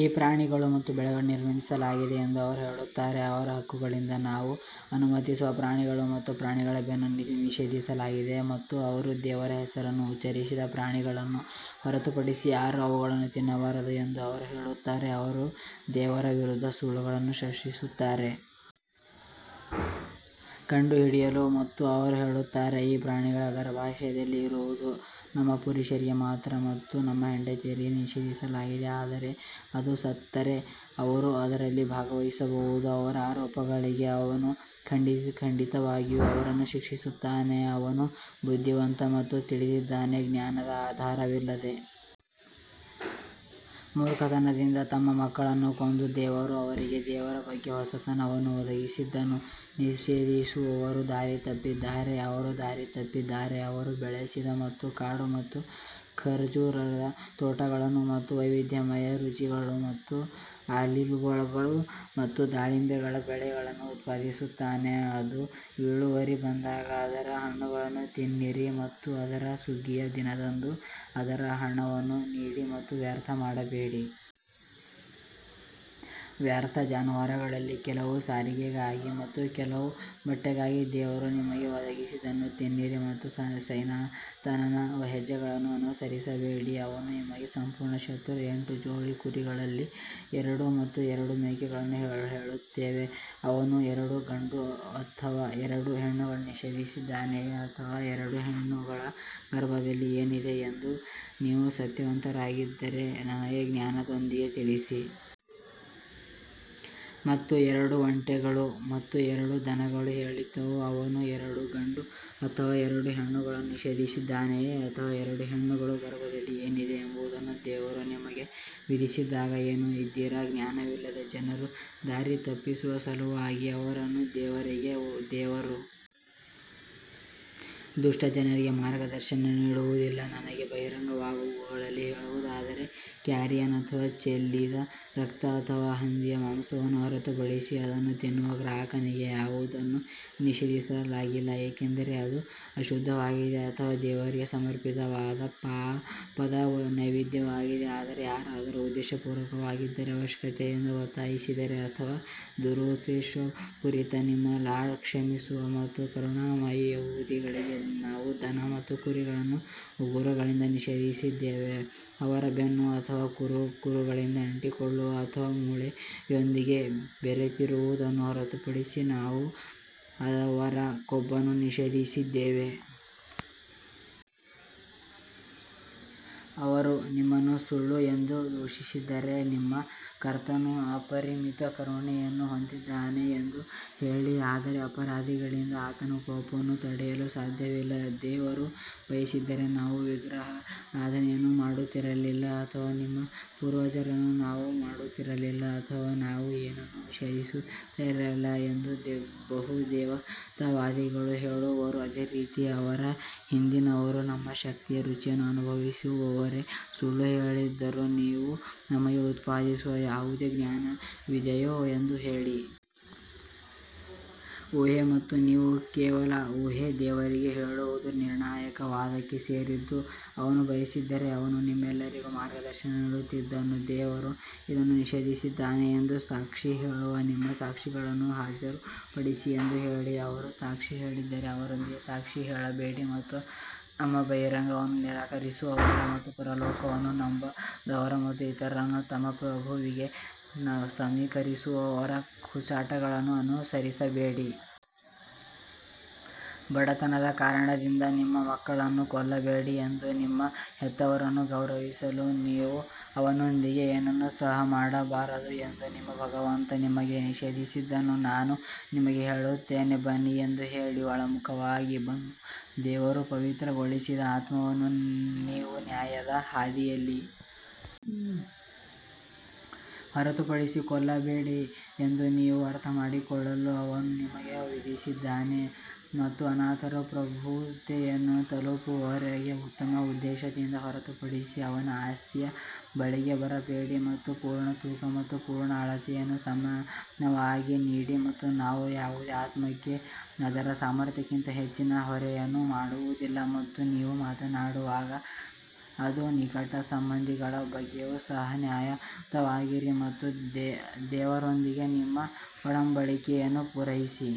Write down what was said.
ಈ ಪ್ರಾಣಿಗಳು ಮತ್ತು ಬೆಳೆಗಳನ್ನು ನಿರ್ಬಂಧಿಸಲಾಗಿದೆ ಎಂದು ಅವರು ಹೇಳುತ್ತಾರೆ, ಅವರ ಹಕ್ಕುಗಳಿಂದ ನಾವು ಅನುಮತಿಸುವ ಪ್ರಾಣಿಗಳು ಮತ್ತು ಪ್ರಾಣಿಗಳ ಬೆನ್ನನ್ನು ನಿಷೇಧಿಸಲಾಗಿದೆ ಮತ್ತು ಅವರು ದೇವರ ಹೆಸರನ್ನು ಉಚ್ಚರಿಸದ ಪ್ರಾಣಿಗಳನ್ನು ಹೊರತುಪಡಿಸಿ ಯಾರೂ ಅವುಗಳನ್ನು ತಿನ್ನಬಾರದು ಎಂದು ಅವರು ಹೇಳುತ್ತಾರೆ, ಅವರು ದೇವರ ವಿರುದ್ಧ ಸುಳ್ಳುಗಳನ್ನು ಸೃಷ್ಟಿಸುತ್ತಾರೆ. ಕಂಡುಹಿಡಿಯಲು ಮತ್ತು ಅವರು ಹೇಳುತ್ತಾರೆ, ಈ ಪ್ರಾಣಿಗಳ ಗರ್ಭಾಶಯದಲ್ಲಿ ಇರುವುದು ನಮ್ಮ ಪುರುಷರಿಗೆ ಮಾತ್ರ ಮತ್ತು ನಮ್ಮ ಹೆಂಡತಿಯರಿಗೆ ನಿಷೇಧಿಸಲಾಗಿದೆ ಆದರೆ ಅದು ಸತ್ತರೆ ಅವರು ಅದರಲ್ಲಿ ಭಾಗವಹಿಸಬಹುದು ಅವರ ಆರೋಪಗಳಿಗೆ ಅವನು ಖಂಡಿತವಾಗಿಯೂ ಅವರನ್ನು ಶಿಕ್ಷಿಸುತ್ತಾನೆ, ಅವನು ಬುದ್ಧಿವಂತ ಮತ್ತು ತಿಳಿದಿದ್ದಾನೆ. ಜ್ಞಾನದ ಆಧಾರವಿಲ್ಲದೆ ಮೂರ್ಖತನದಿಂದ ತಮ್ಮ ಮಕ್ಕಳನ್ನು ಕೊಂದು ದೇವರು ಅವರಿಗೆ ದೇವರ ಬಗ್ಗೆ ಹೊಸತನವನ್ನು ಒದಗಿಸಿದ್ದನ್ನು ನಿಷೇಧಿಸುವವರು ದಾರಿ ತಪ್ಪಿದ್ದಾರೆ ಅವರು ದಾರಿ ತಪ್ಪಿದ್ದಾರೆ ಅವನು ಬೆಳೆಸಿದ ಮತ್ತು ಕಾಡು ಮತ್ತು ಖರ್ಜೂರದ ತೋಟಗಳನ್ನು ಮತ್ತು ವೈವಿಧ್ಯಮಯ ರುಚಿಗಳು ಮತ್ತು ಆಲಿವ್ಗಳು ಮತ್ತು ದಾಳಿಂಬೆಗಳ ಬೆಳೆಗಳನ್ನು ಉತ್ಪಾದಿಸುತ್ತಾನೆ, ಅದು ಇಳುವರಿ ಬಂದಾಗ ಅದರ ಹಣ್ಣುಗಳನ್ನು ತಿನ್ನಿರಿ ಮತ್ತು ಅದರ ಸುಗ್ಗಿಯ ದಿನದಂದು ಅದರ ಹಣವನ್ನು ನೀಡಿ ಮತ್ತು ವ್ಯರ್ಥ ಮಾಡಬೇಡಿ. ವ್ಯರ್ಥ ಜಾನುವಾರುಗಳಲ್ಲಿ ಕೆಲವು ಸಾರಿಗೆಗಾಗಿ ಮತ್ತು ಕೆಲವು ಬಟ್ಟೆಗಾಗಿ ದೇವರು ನಿಮಗೆ ಒದಗಿಸಿದ್ದನ್ನು ತಿನ್ನಿರಿ ಮತ್ತು ಸೈತಾನನ ಹೆಜ್ಜೆಗಳನ್ನು ಅನುಸರಿಸಬೇಡಿ ಅವನು ನಿಮಗೆ ಸಂಪೂರ್ಣ ಶತ್ರು ಎಂಟು ಜೋಡಿ ಕುರಿಗಳಲ್ಲಿ ಎರಡು ಮತ್ತು ಎರಡು ಮೇಕೆಗಳು ಹೇಳುತ್ತವೆ ಅವನು ಎರಡು ಗಂಡು ಅಥವಾ ಎರಡು ಹೆಣ್ಣುಗಳನ್ನು ನಿಷೇಧಿಸಿದ್ದಾನೆಯೇ ಅಥವಾ ಎರಡು ಹೆಣ್ಣುಗಳ ಗರ್ಭದಲ್ಲಿ ಏನಿದೆ ಎಂದು ನೀವು ಸತ್ಯವಂತರಾಗಿದ್ದರೆ ನನಗೆ ಜ್ಞಾನದೊಂದಿಗೆ ತಿಳಿಸಿ. ಮತ್ತು ಎರಡು ಒಂಟೆಗಳು ಮತ್ತು ಎರಡು ದನಗಳು ಹೇಳಿದವು, ಅವನು ಎರಡು ಗಂಡು ಅಥವಾ ಎರಡು ಹೆಣ್ಣುಗಳನ್ನು ನಿಷೇಧಿಸಿದ್ದಾನೆಯೇ ಅಥವಾ ಎರಡು ಹೆಣ್ಣುಗಳ ಗರ್ಭದಲ್ಲಿ ಏನಿದೆ ಎಂಬುದನ್ನು ದೇವರು ನಿಮಗೆ ವಿಧಿಸಿದಾಗ ನೀವು ಇದ್ದೀರಾ? ಜ್ಞಾನವಿಲ್ಲದೆ ಜನರನ್ನು ದಾರಿ ತಪ್ಪಿಸುವ ಸಲುವಾಗಿ ಅವರನ್ನು ದೇವರಿಗೆ ದೇವರು ದುಷ್ಟ ಜನರಿಗೆ ಮಾರ್ಗದರ್ಶನ ನೀಡುವುದಿಲ್ಲ ನನಗೆ ಬಹಿರಂಗವಾದವುಗಳಲ್ಲಿ ಹೇಳುವುದಾದರೆ, ಕ್ಯಾರಿಯನ್ ಅಥವಾ ಚೆಲ್ಲಿದ ರಕ್ತ ಅಥವಾ ಹಂದಿಯ ಮಾಂಸವನ್ನು ಹೊರತುಪಡಿಸಿ ಅದನ್ನು ತಿನ್ನುವ ಗ್ರಾಹಕನಿಗೆ ಯಾವುದನ್ನೂ ನಿಷೇಧಿಸಲಾಗಿಲ್ಲ ಏಕೆಂದರೆ ಅದು ಅಶುದ್ಧವಾಗಿದೆ ಅಥವಾ ದೇವರಿಗೆ ಸಮರ್ಪಿತವಾದ ಪಾಪದ ನೈವೇದ್ಯವಾಗಿದೆ ಆದರೆ ಯಾರಾದರೂ ಉದ್ದೇಶಪೂರ್ವಕವಾಗಿರದೆ ಅವಶ್ಯಕತೆಯಿಂದ ಒತ್ತಾಯಿಸಿದರೆ ಅಥವಾ ದುರುದ್ದೇಶಪೂರಿತ ನಿಮ್ಮ ಲಾರ್ಡ್ ಕ್ಷಮಿಸುವ ಮತ್ತು ಕರುಣಾಮಯಿ ಯಹೂದಿಗಳಿಗೆ ನಾವು ದನ ಮತ್ತು ಕುರಿಗಳನ್ನು ಉಗುರುಗಳಿಂದ ನಿಷೇಧಿಸಿದ್ದೇವೆ, ಅವರ ಬೆನ್ನು ಅಥವಾ ಕರುಳುಗಳಿಗೆ ಅಂಟಿಕೊಳ್ಳುವ ಅಥವಾ ಮೂಳೆಯೊಂದಿಗೆ ಬೆರೆತಿರುವುದನ್ನು ಹೊರತುಪಡಿಸಿ ನಾವು ಅವರ ಕೊಬ್ಬನ್ನು ನಿಷೇಧಿಸಿದ್ದೇವೆ. ಅವರು ನಿಮ್ಮನ್ನು ಸುಳ್ಳು ಎಂದು ದೂಷಿಸಿದರೆ, ನಿಮ್ಮ ಕರ್ತನು ಅಪರಿಮಿತ ಕರುಣೆಯನ್ನು ಹೊಂದಿದ್ದಾನೆ ಎಂದು ಹೇಳಿ ಆದರೆ ಅಪರಾಧಿಗಳಿಂದ ಆತನ ಕೋಪವನ್ನು ತಡೆಯಲು ಸಾಧ್ಯವಿಲ್ಲ. ದೇವರು ಬಯಸಿದ್ದರೆ ನಾವು ವಿಗ್ರಹಾರಾಧನೆಯನ್ನು ಮಾಡುತ್ತಿರಲಿಲ್ಲ ಅಥವಾ ನಮ್ಮ ಪೂರ್ವಜರನ್ನು ನಾವು ಮಾಡುತ್ತಿರಲಿಲ್ಲ ಅಥವಾ ನಾವು ಏನನ್ನೂ ನಿಷೇಧಿಸುತ್ತಿರಲಿಲ್ಲ ಎಂದು ಬಹುದೇವತಾವಾದಿಗಳು ಹೇಳುವರು ಅದೇ ರೀತಿ ಅವರ ಹಿಂದಿನವರು ನಮ್ಮ ಶಕ್ತಿಯ ರುಚಿಯನ್ನು ಅನುಭವಿಸುವವರೆಗೆ ಸುಳ್ಳು ಹೇಳಿದರು, ನೀವು ನಮಗೆ ಉತ್ಪಾದಿಸುವ ಯಾವುದೇ ಜ್ಞಾನವಿದೆಯೇ ಎಂದು ಹೇಳಿ. ಊಹೆ ಮತ್ತು ನೀವು ಕೇವಲ ಊಹೆ ದೇವರಿಗೆ ಹೇಳುವುದು ನಿರ್ಣಾಯಕ ವಾದಕ್ಕೆ ಸೇರಿದ್ದು ಅವನು ಬಯಸಿದ್ದರೆ ಅವನು ನಿಮ್ಮೆಲ್ಲರಿಗೂ ಮಾರ್ಗದರ್ಶನ ನೀಡುತ್ತಿದ್ದನು ದೇವರು ಇದನ್ನು ನಿಷೇಧಿಸಿದ್ದಾನೆ ಎಂದು ಸಾಕ್ಷಿ ಹೇಳುವ ನಿಮ್ಮ ಸಾಕ್ಷಿಗಳನ್ನು ಹಾಜರುಪಡಿಸಿ ಎಂದು ಹೇಳಿ, ಅವರು ಸಾಕ್ಷಿ ಹೇಳಿದರೆ ಅವರೊಂದಿಗೆ ಸಾಕ್ಷಿ ಹೇಳಬೇಡಿ ಮತ್ತು ನಮ್ಮ ಬಹಿರಂಗವನ್ನು ನಿರಾಕರಿಸುವವರ ಮತ್ತು ಪರಲೋಕವನ್ನು ನಂಬದವರ ಮತ್ತು ಇತರರನ್ನು ತಮ್ಮ ಪ್ರಭುವಿಗೆ ಸಮೀಕರಿಸುವವರ ಹುಚ್ಚಾಟಗಳನ್ನು ಅನುಸರಿಸಬೇಡಿ. ಬಡತನದ ಕಾರಣದಿಂದ ನಿಮ್ಮ ಮಕ್ಕಳನ್ನು ಕೊಲ್ಲಬೇಡಿ ಎಂದು ನಿಮ್ಮ ಹೆತ್ತವರನ್ನು ಗೌರವಿಸಲು ನೀವು ಅವನೊಂದಿಗೆ ಏನನ್ನೂ ಸಹ ಮಾಡಬಾರದು ಎಂದು ನಿಮ್ಮ ಭಗವಂತ ನಿಮಗೆ ನಿಷೇಧಿಸಿದ್ದನ್ನು ನಾನು ನಿಮಗೆ ಹೇಳುತ್ತೇನೆ ಬನ್ನಿ ಎಂದು ಹೇಳಿ. ಒಳಮುಖವಾಗಿ ಮತ್ತು ದೇವರು ಪವಿತ್ರಗೊಳಿಸಿದ ಆತ್ಮವನ್ನು ನೀವು ನ್ಯಾಯದ ಹಾದಿಯಲ್ಲಿ ಹೊರತುಪಡಿಸಿ ಕೊಲ್ಲಬೇಡಿ ಎಂದು ನೀವು ಅರ್ಥಮಾಡಿಕೊಳ್ಳಲು ಅವನು ನಿಮಗೆ ವಿಧಿಸಿದ್ದಾನೆ ಮತ್ತು ಅನಾಥನು ಪ್ರಬುದ್ಧತೆಯನ್ನು ತಲುಪುವವರೆಗೆ ಉತ್ತಮ ಉದ್ದೇಶದಿಂದ ಹೊರತುಪಡಿಸಿ ಅವನ ಆಸ್ತಿಯ ಬಳಿಗೆ ಬರಬೇಡಿ ಮತ್ತು ಪೂರ್ಣ ತೂಕ ಮತ್ತು ಪೂರ್ಣ ಅಳತೆಯನ್ನು ಸಮಾನವಾಗಿ ನೀಡಿ ಮತ್ತು ನಾವು ಯಾವುದೇ ಆತ್ಮಕ್ಕೆ ಅದರ ಸಾಮರ್ಥ್ಯಕ್ಕಿಂತ ಹೆಚ್ಚಿನ ಹೊರೆಯನ್ನು ಮಾಡುವುದಿಲ್ಲ ಮತ್ತು ನೀವು ಮಾತನಾಡುವಾಗ ಅದು ನಿಕಟ ಸಂಬಂಧಿಗಳ ಬಗ್ಗೆಯೂ ಸಹ ನ್ಯಾಯಯುತವಾಗಿರಿ ಮತ್ತು ದೇವರೊಂದಿಗೆ ನಿಮ್ಮ ಒಡಂಬಡಿಕೆಯನ್ನು ಪೂರೈಸಿ.